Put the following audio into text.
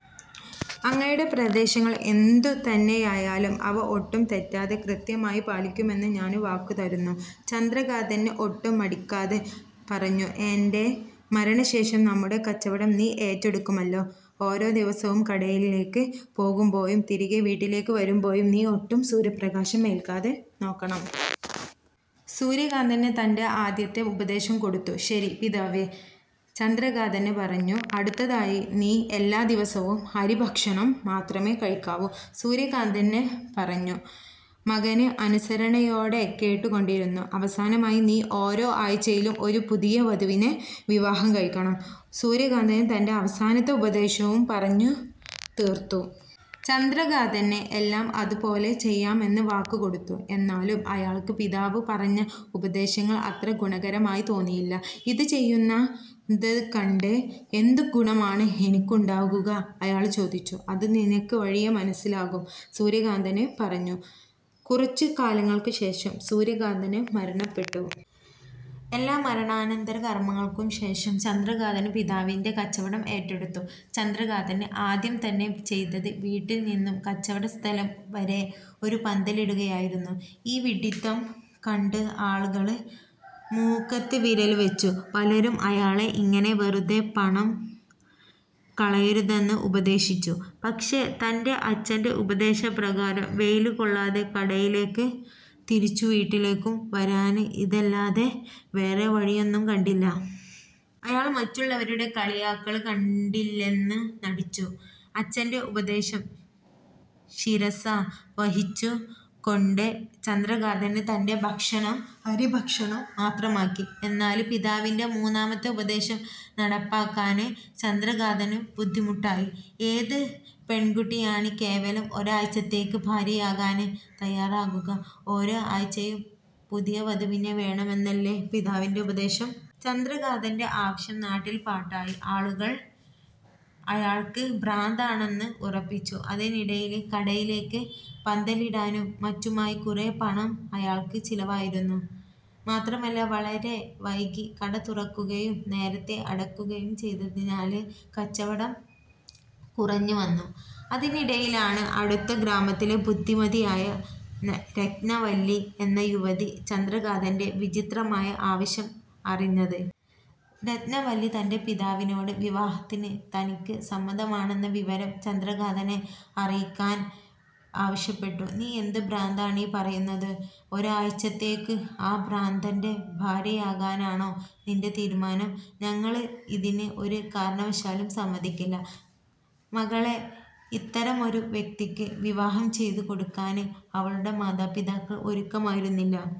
അങ്ങയുടെ ഉപദേശങ്ങള് എന്തു തന്നെയായാലും അവ ഒട്ടും തെറ്റാതെ കൃത്യമായി പാലിക്കുമെന്ന് ഞാന് വാക്ക് തരുന്നു. " ചന്ദ്രകാന്തന് ഒട്ടും മടിക്കാതെ പറഞ്ഞു. "ഏന്റെ മരണശേഷം നമ്മുടെ കച്ചവടം നീ ഏറ്റെടുക്കുമല്ലോ? ഓരോ ദിവസവും കടയിലേയ്ക്ക് പോകുമ്പോഴും, തിരികെ വീട്ടിലേയ്ക്ക് വരുമ്പോഴും നീ ഒട്ടും സൂര്യപ്രകാശം എല്ക്കാതെ നോക്കണം". സൂര്യകാന്തന് തന്റെ ആദ്യത്തെ ഉപദേശം കൊടുത്തു. "ശരി പിതാവേ". ചന്ദ്രകാന്തന് പറഞ്ഞു. "അടുത്തതായി നീ എല്ലാ ദിവസവും അരി ഭക്ഷണം മാത്രമേ കഴിക്കാവൂ" സൂര്യകാന്തന് പറഞ്ഞു. മകന് അനുസരണയോടെ കേട്ടുകൊണ്ടിരുന്നു. "അവസാനമായി, നീ ഓരോ ആഴ്ചയും ഒരു പുതിയ വധുവിനെ വിവാഹം കഴിക്കണം" സൂര്യകാന്തന് തന്റെ അവസാനത്തെ ഉപദേശവും പറഞ്ഞു തീര്ത്തു. ചന്ദ്രകാന്തന് എല്ലാം അത് പോലെ ചെയ്യാമെന്ന് വാക്ക് കൊടുത്തു. എന്നാലും അയാള്ക്ക് പിതാവ് പറഞ്ഞ ഉപദേശങ്ങള് അത്ര ഗുണകരമായി തോന്നിയില്ല. "ഇത് ചെയ്യുന്നത് കൊണ്ട് എന്തു ഗുണമാണ് എനിക്കുണ്ടാകുക? " അയാള് ചോദിച്ചു "അത് നിനക്ക് വഴിയേ മനസ്സിലാകും" സൂര്യകാന്തന് പറഞ്ഞു. കുറച്ചു കാലങ്ങള്ക്ക് ശേഷം സൂര്യകാന്തന് മരണപ്പെട്ടു. എല്ലാ മരണാനന്തര കര്മ്മങ്ങൾക്കും ശേഷം ചന്ദ്രകാന്തന് പിതാവിന്റെ കച്ചവടം ഏറ്റെടുത്തു. ചന്ദ്രകാന്തന് ആദ്യം തന്നെ ചെയ്തത് വീട്ടില് നിന്നും കച്ചവടസ്ഥലം വരെ ഒരു പന്തലിടുകയായിരുന്നു. ഈ വിഡ്ഡിത്തം കണ്ടു ആളുകള് മൂക്കത്ത് വിരല് വെച്ചു. പലരും അയാളെ ഇങ്ങനെ വെറുതെ പണം കളയരുതെന്ന് ഉപദേശിച്ചു. പക്ഷേ തന്റെ അച്ചന്റെ ഉപദേശപ്രകാരം വെയില് കൊള്ളാതെ കടയിലേക്കും തിരിച്ചു വീട്ടിലേക്കും വരാന് ഇതല്ലാതെ വേറെ വഴിയൊന്നും കണ്ടില്ല. അയാള് മറ്റുള്ളവരുടെ കളിയാക്കള് കണ്ടില്ലെന്നു നടിച്ചു. അച്ചന്റെ ഉപദേശം ശിരസാ വഹിച്ചു കൊണ്ട് ചന്ദ്രകാന്തന് തന്റെ ഭക്ഷണം അരിഭക്ഷണം മാത്രമാക്കി. എന്നാല് പിതാവിന്റെ മൂന്നാമത്തെ ഉപദേശം നടപ്പാക്കാന് ചന്ദ്രകാന്തന് ബുദ്ധിമുട്ടായി. ഏത് പെണ്കുട്ടിയാണ് കേവലം ഒരാഴ്ചത്തേയ്ക്ക് ഭാര്യയാകാന് തയ്യാറാകുക? ഓരോ ആഴ്ചയും പുതിയ വധുവിനെ വേണമെന്നല്ലേ പിതാവിന്റെ ഉപദേശം? ചന്ദ്രകാന്തന്റെ ആവശ്യം നാട്ടില് പാട്ടായി. ആളുകള് അയാള്ക്ക് ഭ്രാന്താണെന്ന് ഉറപ്പിച്ചു. അതിനിടയില് കടയിലേയ്ക്ക് പന്തലിടാനും മറ്റുമായി കുറെ പണം അയാള്ക്ക് ചിലവായിരുന്നു. മാത്രമല്ല, വളരെ വൈകി കട തുറക്കുകയും നേരത്തെ അടക്കുകയും ചെയ്തതിനാല് കച്ചവടം കുറഞ്ഞ് വന്നു. അതിനിടയിലാണ് അടുത്ത ഗ്രാമത്തിലെ ബുദ്ധിമതിയായ രത്നവല്ലി എന്ന യുവതി ചന്ദ്രകാന്തന്റെ വിചിത്രമായ ആവശ്യം അറിഞ്ഞത്. രത്നവല്ലി തന്റെ പിതാവിനോട് വിവാഹത്തിന് തനിക്ക് സമ്മതമാണെന്ന വിവരം ചന്ദ്രകാന്തനെ അറിയിക്കാന് ആവശ്യപ്പെട്ടു. "നീ എന്ത് ഭ്രാന്താണീ പറയുന്നതു. ഒരാഴ്ചത്തേയ്ക്ക് ആ ഭ്രാന്തന്റെ ഭാര്യയാകാനാണോ നിന്റെ തീരുമാനം? ഞങ്ങള് ഇതിന് ഒരു കാരണവശാലും സമ്മതിക്കില്ല. " മകളെ ഇത്തരമൊരു വ്യക്തിക്ക് വിവാഹം ചെയ്തു കൊടുക്കാന് അവളുടെ മാതാപിതാക്കള് ഒരുക്കമായിരുന്നില്ല.